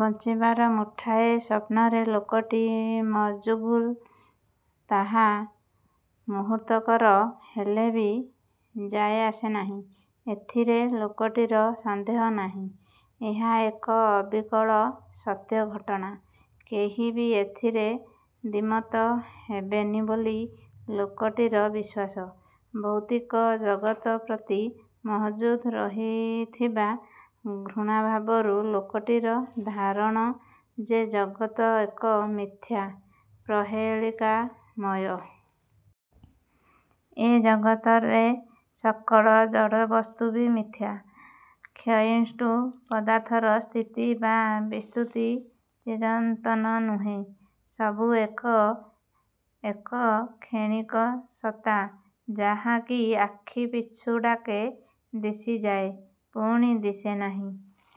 ବଞ୍ଚିବାର ମୁଠାଏ ସ୍ୱପ୍ନରେ ଲୋକଟି ମଜ୍ଗୁଲ୍। ତାହା ମୁହୂର୍ତ୍ତକର ହେଲେବି ଯାଏ ଆସେ ନାହିଁ। ଏଥିରେ ଲୋକଟିର ସନ୍ଦେହ ନାହିଁ। ଏହା ଏକ ଅବିକଳ ସତ୍ୟ ଘଟଣା। କେହି ବି ଏଥିରେ ଦ୍ୱିମତ ହେବେନି ବୋଲି ଲୋକଟିର ବିଶ୍ୱାସ। ଭୌତିକ ଜଗତ ପ୍ରତି ମହଜୁଦ୍ ରହିଥିବା ଘୃଣାଭାବରୁ ଲୋକଟିର ଧାରଣ ଯେ ଜଗତ ଏକ ମିଥ୍ୟା, ପ୍ରହେଳିକା ମୟ। ଏ ଜଗତରେ ସକଳ ଜଡ଼ବସ୍ତୁ ବି ମିଥ୍ୟା। କ୍ଷୟିଷ୍ଣୁ ପଦାର୍ଥର ସ୍ଥିତି ବା ବିସ୍ତୃତି ଚିରନ୍ତନ ନୁହେଁ। ସବୁ ଏକ ଏକ କ୍ଷଣିକ ସତ୍ତା; ଯାହାକି ଆଖି ପିଛୁଡ଼ାକେ ଦିଶିଯାଏ। ପୁଣି ଦିଶେ ନାହିଁ।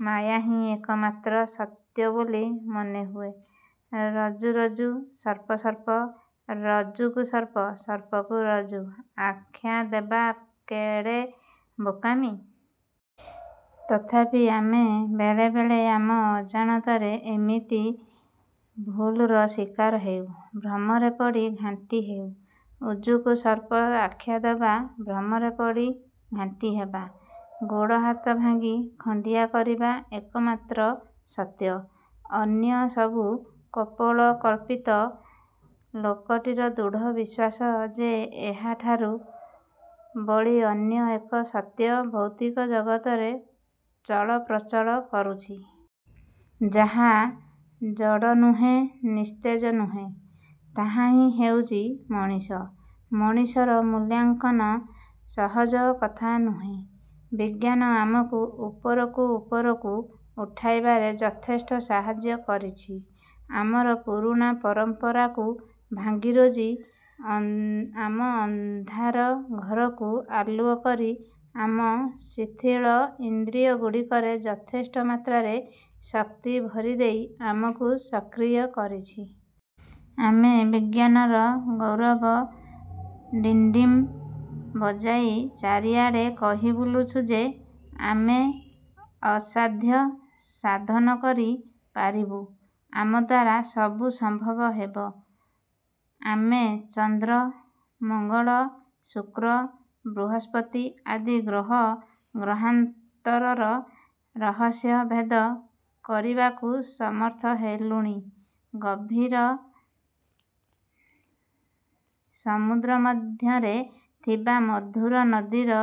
ମାୟାହିଁ ଏକମାତ୍ର ସତ୍ୟବୋଲି ମନେହୁଏ। ରଜ୍ଜୁ: ରଜ୍ଜୁ:। ସର୍ପ: ସର୍ପ: ରଜ୍ଜୁକୁ ସର୍ପ, ସର୍ପକୁ ରଜ୍ଜୁ ଆଖ୍ୟା ଦେବା କେଡ଼େ ବୋକାମି-। ତଥାପି ଆମେ ବେଳେବେଳେ ଆମ ଅଜାଣତରେ ଏମିତି ଭୁଲ୍ର ଶିକାର ହେଉ-। ଭ୍ରମରେ ପଡ଼ି ଘାଣ୍ଟି ହେଉ। ରଜ୍ଜୁକୁ ସର୍ପ ଆଖ୍ୟା ଦେବା, ଭ୍ରମରେ ପଡ଼ି ଘାଣ୍ଟିହେବା, ଗୋଡ଼ ହାତ ଭାଙ୍ଗି ଖଣ୍ଡିଆ କରିବା ଏକମାତ୍ର ସତ୍ୟ। ଅନ୍ୟ ସବୁ କପୋଳକଳ୍ପିତ। ଲୋକଟିର ଦୃଢ଼ ବିଶ୍ୱାସ ଯେ ଏହାଠାରୁ ବଳି ଅନ୍ୟ ଏକ ସତ୍ୟ ଭୌତିକ ଜଗତରେ ଚଳପ୍ରଚଳ କରୁଛି। ଯାହା ଜଡ଼ ନୁହେଁ, ନିସ୍ତେଜ ନୁହେଁ। ତାହାହିଁ ହେଉଛି ମଣିଷ। ମଣିଷର ମୂଲ୍ୟାଙ୍କନ ସହଜ କଥା ନୁହେଁ। ବିଜ୍ଞାନ ଆମକୁ ଉପରକୁ ଉପରକୁ ଉଠାଇବାରେ ଯଥେଷ୍ଟ ସାହାଯ୍ୟ କରିଛି। ଆମର ପୁରୁଣା ପରମ୍ପରାକୁ ଭାଙ୍ଗିରୁଜି, ଆମ ଅନ୍ଧାର ଘରକୁ ଆଲୁଅ କରି ଆମ ଶିଥିଳ ଇନ୍ଦ୍ରିୟଗୁଡ଼ିକରେ ଯଥେଷ୍ଟ ମାତ୍ରାରେ ଶକ୍ତି ଭରିଦେଇ ଆମକୁ ସକ୍ରିୟ କରିଛି। ଆମେ ବିଜ୍ଞାନର ଗୌରବ ଡିଣ୍ଡିମ ବଜାଇ ଚାରିଆଡ଼େ କହି ବୁଲୁଛୁ ଯେ, 'ଆମେ ଅସାଧ୍ୟ ସାଧନ କରି ପାରିବୁ। ଆମଦ୍ୱାରା ସବୁ ସମ୍ଭବ ହେବ। ' ଆମେ ଚନ୍ଦ୍ର, ମଙ୍ଗଳ, ଶୁକ୍ର, ବୃହସ୍ପତି ଆଦି ଗ୍ରହ ଗ୍ରହାନ୍ତରର ରହସ୍ୟ ଭେଦ କରିବାକୁ ସମର୍ଥ ହେଲୁଣି। ଗଭୀର ସମୁଦ୍ର ମଧ୍ୟରେ ଥିବା ମଧୁର ନଦୀର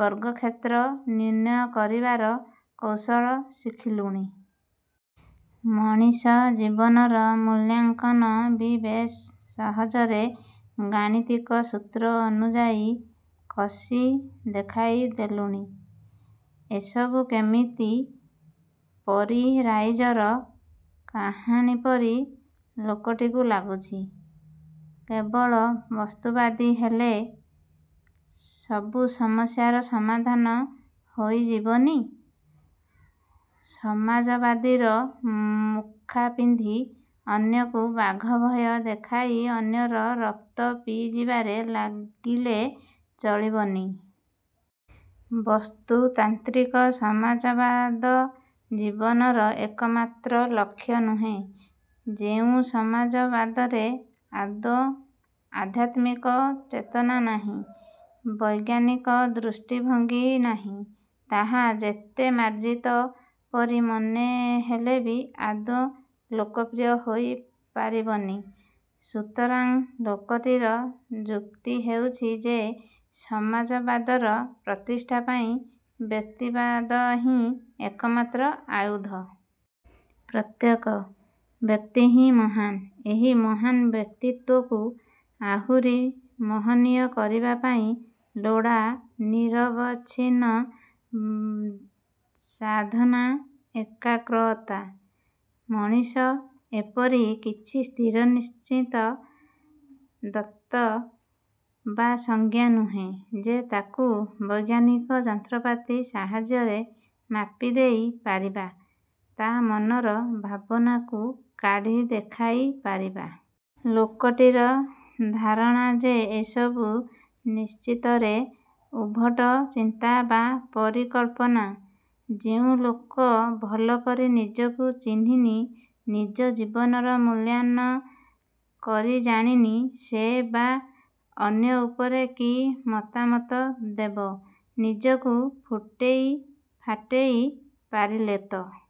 ବର୍ଗକ୍ଷେତ୍ର ନିର୍ଣ୍ଣୟ କରିବାର କୌଶଳ ଶିଖିଲୁଣି। ମଣିଷ ଜୀବନର ମୂଲ୍ୟାଙ୍କନ ବି ବେଶ୍ ସହଜରେ ଗାଣିତିକ ସୂତ୍ର ଅନୁଯାୟୀ କଷି ଦେଖାଇ ଦେଲୁଣି। ଏସବୁ କେମିତି ପରୀ-ରାଇଜର କାହାଣୀ ପରି ଲୋକଟିକୁ ଲାଗୁଛି। କେବଳ ବସ୍ତୁବାଦୀ ହେଲେ ସବୁ ସମସ୍ୟାର ସମାଧାନ ହୋଇଯିବନି। ସମାଜବାଦୀର ମୁଖା ପିନ୍ଧି ଅନ୍ୟକୁ ବାଘଭୟ ଦେଖାଇ ଅନ୍ୟର ରକ୍ତ ପିଇଯିବାରେ ଲାଗିଲେ ଚଳିବନି। ବସ୍ତୁତାନ୍ତ୍ରିକ ସମାଜବାଦ ଜୀବନର ଏକମାତ୍ର ଲକ୍ଷ୍ୟ ନୁହେଁ। ଯେଉଁ ସମାଜବାଦରେ ଆଦୌ ଆଧ୍ୟାତ୍ମିକ ଚେତନା ନାହିଁ, ବୈଜ୍ଞାନିକ ଦୃଷ୍ଟିଭଙ୍ଗୀ ନାହିଁ, ତାହା ଯେତେ ମାର୍ଜିତ ପରି ମନେ ହେଲେବି ଆଦୌ ଲୋକପ୍ରିୟ ହୋଇ ପାରିବନି। ସୁତରାଂ ଲୋକଟିର ଯୁକ୍ତି ହେଉଛି ଯେ ସମାଜବାଦର ପ୍ରତିଷ୍ଠା ପାଇଁ ବ୍ୟକ୍ତିବାଦହିଁ ଏକମାତ୍ର ଆୟୁଧ। ପ୍ରତ୍ୟେକ। ବ୍ୟକ୍ତିହିଁ ମହାନ୍। ଏହି ମହାନ୍ ବ୍ୟକ୍ତିତ୍ୱକୁ ଆହୁରି ମହନୀୟ କରିବା ପାଇଁ ଲୋଡ଼ା ନିରବଚ୍ଛିନ୍ନ ସାଧନା, ଏକାଗ୍ରତା। ମଣିଷ ଏପରି କିଛି ସ୍ଥିର ନିଶ୍ଚିତ ଦତ୍ତ ବା ସଂଜ୍ଞା ନୁହେଁ ଯେ ତାକୁ ବୈଜ୍ଞାନିକ ଯନ୍ତ୍ରପାତି ସାହାଯ୍ୟରେ ମାପି ଦେଇ ପାରିବା। ତା' ମନର ଭାବନାକୁ କାଢ଼ି ଦେଖାଇ ପାରିବା। ଲୋକଟିର ଧାରଣା ଯେ ଏ ସବୁ ନିଶ୍ଚିତରେ ଉଦ୍ଭଟ ଚିନ୍ତା ବା ପରିକଳ୍ପନା। ଯେଉଁ ଲୋକ ଭଲ କରି ନିଜକୁ ଚିହ୍ନିନି, ନିଜ ଜୀବନର ମୂଲ୍ୟାୟନ କରିଜାଣିନି, ସେ ବା' ଅନ୍ୟ ଉପରେ କି ମତାମତ ଦେବ? ନିଜକୁ ଫୁଟେଇ ଫାଟେଇ ପାରିଲେତ